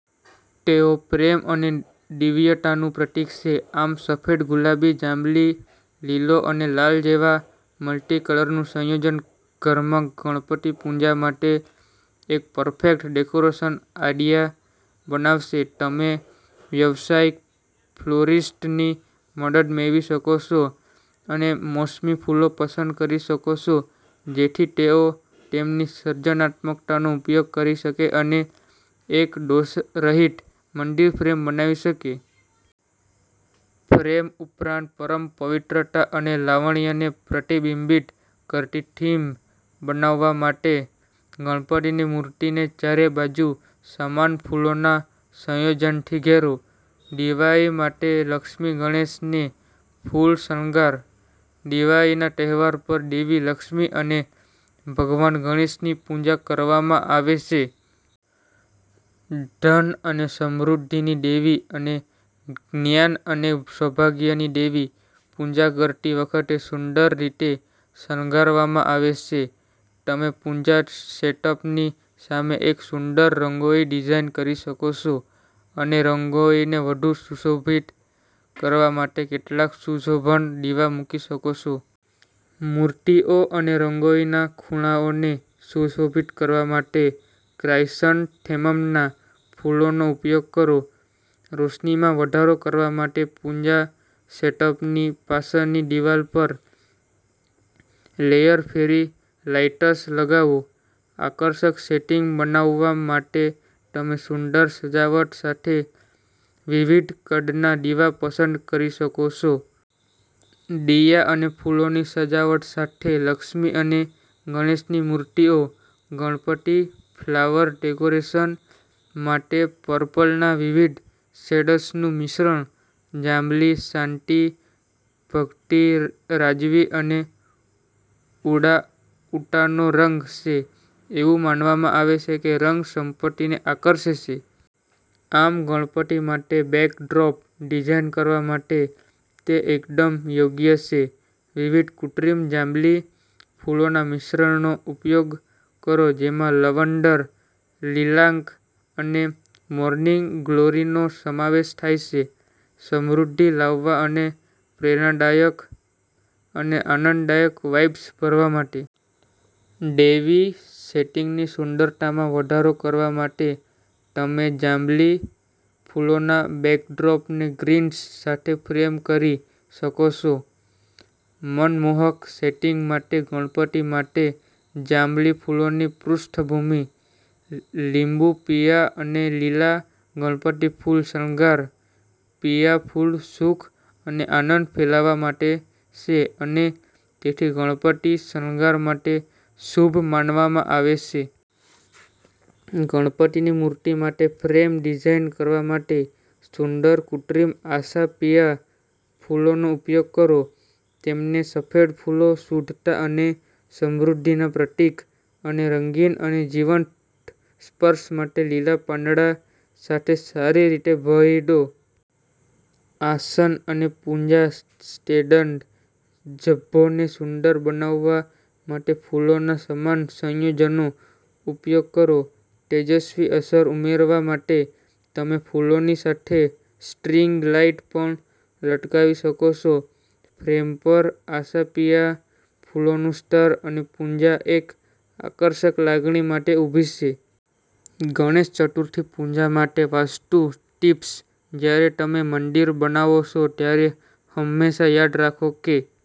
તેઓ પ્રેમ અને દિવ્યતાનું પ્રતીક છે. આમ, સફેદ, ગુલાબી, જાંબલી, લીલો અને લાલ જેવા મલ્ટીકલરનું સંયોજન ઘરમાં ગણપતિ પૂજા માટે એક પરફેક્ટ ડેકોરેશન આઈડિયા બનાવશે. તમે વ્યાવસાયિક ફ્લોરિસ્ટની મદદ મેળવી શકો છો અને મોસમી ફૂલો પસંદ કરી શકો છો જેથી તેઓ તેમની સર્જનાત્મકતાનો ઉપયોગ કરી શકે અને એક દોષરહિત મંદિર ફ્રેમ બનાવી શકે. ફ્રેમ ઉપરાંત, પરમ પવિત્રતા અને લાવણ્યને પ્રતિબિંબિત કરતી થીમ બનાવવા માટે ગણપતિની મૂર્તિને ચારે બાજુ સમાન ફૂલોના સંયોજનથી ઘેરો. દિવાળી માટે લક્ષ્મી ગણેશને ફૂલ શણગાર. દિવાળીના તહેવાર પર દેવી લક્ષ્મી અને ભગવાન ગણેશની પૂજા કરવામાં આવે છે. ધન અને સમૃદ્ધિની દેવી અને જ્ઞાન અને સૌભાગ્યની દેવી પૂજા કરતી વખતે સુંદર રીતે શણગારવામાં આવે છે. તમે પૂજા સેટઅપની સામે એક સુંદર રંગોળી ડિઝાઇન કરી શકો છો અને રંગોળીને વધુ સુશોભિત કરવા માટે કેટલાક સુશોભન દીવા મૂકી શકો છો. મૂર્તિઓ અને રંગોળીના ખૂણાઓને સુશોભિત કરવા માટે ક્રાયસન્થેમમના ફૂલોનો ઉપયોગ કરો. રોશનીમાં વધારો કરવા માટે પૂજા સેટઅપની પાછળની દિવાલ પર લેયર ફેરી લાઇટ્સ લગાવો. આકર્ષક સેટિંગ બનાવવા માટે તમે સુંદર સજાવટ સાથે વિવિધ કદના દીવા પસંદ કરી શકો છો. દિયા અને ફૂલોની સજાવટ સાથે લક્ષ્મી અને ગણેશની મૂર્તિઓ. ગણપતિ ફ્લાવર ડેકોરેશન માટે પર્પલના વિવિધ શેડ્સનું મિશ્રણ. જાંબલી શાંતિ, ભક્તિ, રાજવી અને ઉડાઉતાનો રંગ છે. એવું માનવામાં આવે છે કે રંગ સંપત્તિને આકર્ષે છે. આમ, ગણપતિ માટે બેકડ્રોપ ડિઝાઇન કરવા માટે તે એકદમ યોગ્ય છે. વિવિધ કૃત્રિમ જાંબલી ફૂલોના મિશ્રણનો ઉપયોગ કરો, જેમાં લવંડર, લીલાક અને મોર્નિંગ ગ્લોરીનો સમાવેશ થાય છે, સમૃદ્ધિ લાવવા અને પ્રેરણાદાયક અને આનંદદાયક વાઇબ્સ ભરવા માટે. દૈવી સેટિંગની સુંદરતામાં વધારો કરવા માટે તમે જાંબલી ફૂલોના બેકડ્રોપને ગ્રીન્સ સાથે ફ્રેમ કરી શકો છો. મનમોહક સેટિંગ માટે ગણપતિ માટે જાંબલી ફૂલોની પૃષ્ઠભૂમિ. લીંબુ પીળા અને લીલા ગણપતિ ફૂલ શણગાર. પીળા ફૂલો સુખ અને આનંદ ફેલાવવા માટે છે અને તેથી ગણપતિ શણગાર માટે શુભ માનવામાં આવે છે. ગણપતિની મૂર્તિ માટે ફ્રેમ ડિઝાઇન કરવા માટે સુંદર કૃત્રિમ આછા પીળા ફૂલોનો ઉપયોગ કરો. તેમને સફેદ ફૂલો, શુદ્ધતા અને સમૃદ્ધિના પ્રતીક અને રંગીન અને જીવંત સ્પર્શ માટે લીલા પાંદડા સાથે સારી રીતે ભળી દો. આસન અને પૂજા સ્ટેન્ડ ઝભ્ભોને સુંદર બનાવવા માટે ફૂલોના સમાન સંયોજનનો ઉપયોગ કરો. તેજસ્વી અસર ઉમેરવા માટે તમે ફૂલોની સાથે સ્ટ્રિંગ લાઇટ પણ લટકાવી શકો છો. ફ્રેમ પર આછા પીળા ફૂલોનું સ્તર, અને પૂજા એક આકર્ષક લાગણી માટે ઊભી છે. ગણેશ ચતુર્થી પૂજા માટે વાસ્તુ ટિપ્સ. જ્યારે તમે મંદિર બનાવો છો, ત્યારે હંમેશા યાદ રાખો કે